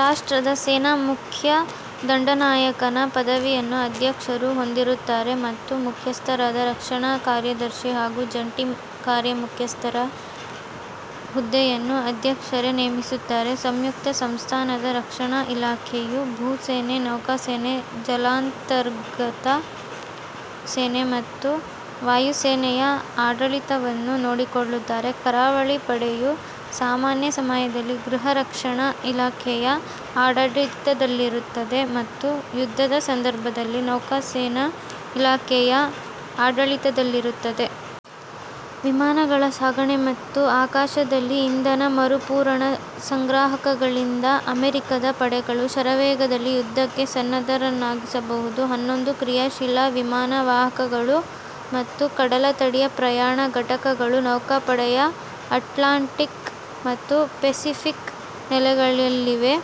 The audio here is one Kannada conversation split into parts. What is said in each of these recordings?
ರಾಷ್ಟ್ರದ ಸೇನಾ ಮುಖ್ಯ ದಂಡನಾಯಕನ ಪದವಿಯನ್ನು ಅಧ್ಯಕ್ಷರು ಹೊಂದಿರುತ್ತಾರೆ ಮತ್ತು ಮುಖ್ಯಸ್ಥರಾದ ರಕ್ಷಣಾ ಕಾರ್ಯದರ್ಶಿ ಹಾಗೂ ಜಂಟಿ ಕಾರ್ಯಮುಖ್ಯಸ್ಥ ರ ಹುದ್ದೆಯನ್ನು ಅಧ್ಯಕ್ಷರೇ ನೇಮಿಸುತ್ತಾರೆ. ಸಂಯುಕ್ತ ಸಂಸ್ಥಾನದ ರಕ್ಷಣಾ ಇಲಾಖೆ ಯು ಭೂಸೇನೆ, ನೌಕಾಸೇನೆ, ಜಲಾಂತರ್ಗತ ಸೇನೆ ಮತ್ತು ವಾಯುಸೇನೆಯ ಆಡಳಿತವನ್ನು ನೋಡಿಕೊಳ್ಳುತ್ತದೆ. ಕರಾವಳಿ ಪಡೆ ಯು ಸಾಮಾನ್ಯ ಸಮಯದಲ್ಲಿ ಗೃಹರಕ್ಷಣಾ ಇಲಾಖೆ ಯ ಆಡಳಿತದಲ್ಲಿರುತ್ತದೆ ಮತ್ತು ಯುದ್ಧದ ಸಂದರ್ಭದಲ್ಲಿ ನೌಕಾಸೇನಾ ಇಲಾಖೆ ಯ ಆಡಳಿತದಲ್ಲಿರುತ್ತದೆ. ವಿಮಾನಗಳ ಸಾಗಣೆ ಮತ್ತು ಆಕಾಶದಲ್ಲಿ ಇಂಧನ ಮರುಪೂರಣಾ ಸಂಗ್ರಾಹಕಗಳಿಂದ ಅಮೆರಿಕದ ಪಡೆಗಳು ಶರವೇಗದಲ್ಲಿ ಯುದ್ಧಕ್ಕೆ ಸನ್ನದ್ಧರನ್ನಾಗಿಸಬಹುದು. ಹನ್ನೊಂದು ಕ್ರಿಯಾಶೀಲ ವಿಮಾನ ವಾಹಕಗಳು ಮತ್ತು ಕಡಲತಡಿಯ ಪ್ರಯಾಣ ಘಟಕ ಗಳು ನೌಕಾಪಡೆಯ ಅಟ್ಲಾಂಟಿಕ್ ಮತ್ತು ಪೆಸಿಫಿಕ್ ನೆಲೆ ಗಳಲ್ಲಿವೆ.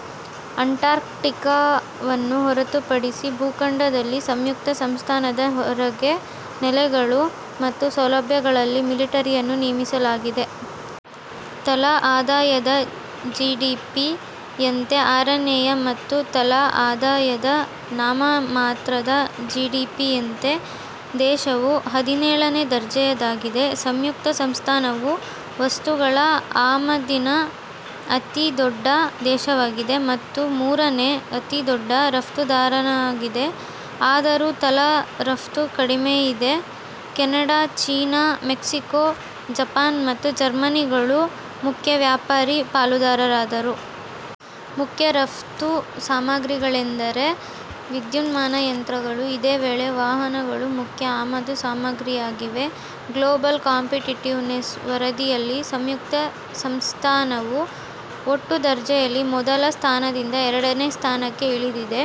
ಅಂಟಾರ್ಕ್ಟಿಕಾವನ್ನು ಹೊರತುಪಡಿಸಿ ಭೂಖಂಡದಲ್ಲಿ ಸಂಯುಕ್ತ ಸಂಸ್ಥಾನದ ಹೊರಗೆ, ನೆಲೆಗಳು ಮತ್ತು ಸೌಲಭ್ಯಗಳಲ್ಲಿ ಮಿಲಿಟರಿಯನ್ನು ನಿಯಮಿಸಲಾಗಿದೆ. ತಲಾ ಆದಾಯದ ಜಿಡಿಪಿ ಯಂತೆ ಆರನೇಯ ಮತ್ತು ತಲಾ ಆದಾಯದ ನಾಮಮಾತ್ರದ ಜಿಡಿಪಿ ಯಂತೆ ದೇಶವು ಹದಿನೇಳನೇ ದರ್ಜೆಯದಾಗಿದೆ. ಸಂಯುಕ್ತ ಸಂಸ್ಥಾನವು ವಸ್ತುಗಳ ಆಮದಿನ ಅತೀ ದೊಡ್ಡ ದೇಶವಾಗಿದೆ. ಮತ್ತು ಮೂರನೇ ಅತೀದೊಡ್ಡ ರಫ್ತುದಾರನಾಗಿದೆ. ಆದರೂ ತಲಾ ರಫ್ತು ಕಡಿಮೆಯಿದೆ. ಕೆನಡಾ, ಚೀನಾ, ಮೆಕ್ಸಿಕೋ, ಜಪಾನ್ ಮತ್ತು ಜರ್ಮನಿಗಳು ಮುಖ್ಯ ವ್ಯಾಪಾರಿ ಪಾಲುದಾರರು. ಮುಖ್ಯ ರಫ್ತು ಸಾಮಗ್ರಿಗಳೆಂದರೆ ವಿದ್ಯುನ್ಮಾನ ಯಂತ್ರಗಳು. ಇದೇ ವೇಳೆ ವಾಹನಗಳು ಮುಖ್ಯ ಆಮದು ಸಾಮಗ್ರಿಯಾಗಿವೆ. ಗ್ಲೋಬಲ್ ಕಾಂಪಿಟಿಟಿವ್ನೆಸ್ ವರದಿ ಯಲ್ಲಿ ಸಂಯುಕ್ತ ಸಂಸ್ಥಾನವು ಒಟ್ಟು ದರ್ಜೆಯಲ್ಲಿ ಮೊದಲ ಸ್ಥಾನದಿಂದ ಎರಡನೇ ಸ್ಥಾನಕ್ಕೆ ಇಳಿದಿದೆ.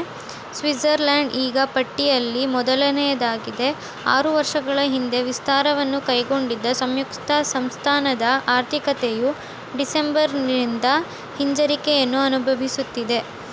ಸ್ವಿಝರ್ಲ್ಯಾಂಡ್ ಈಗ ಪಟ್ಟಿಯಲ್ಲಿ ಮೊದಲನೆಯದಾಗಿದೆ. ಆರು ವರ್ಷಗಳ ಹಿಂದೆ ವಿಸ್ತಾರವನ್ನು ಕೈಗೊಂಡಿದ್ದ ಸಂಯುಕ್ತ ಸಂಸ್ಥಾನದ ಆರ್ಥಿಕತೆಯು ಡಿಸೆಂಬರ್ ರಿಂದ ಹಿಂಜರಿಕೆ ಯನ್ನು ಅನುಭವಿಸುತ್ತಿದೆ.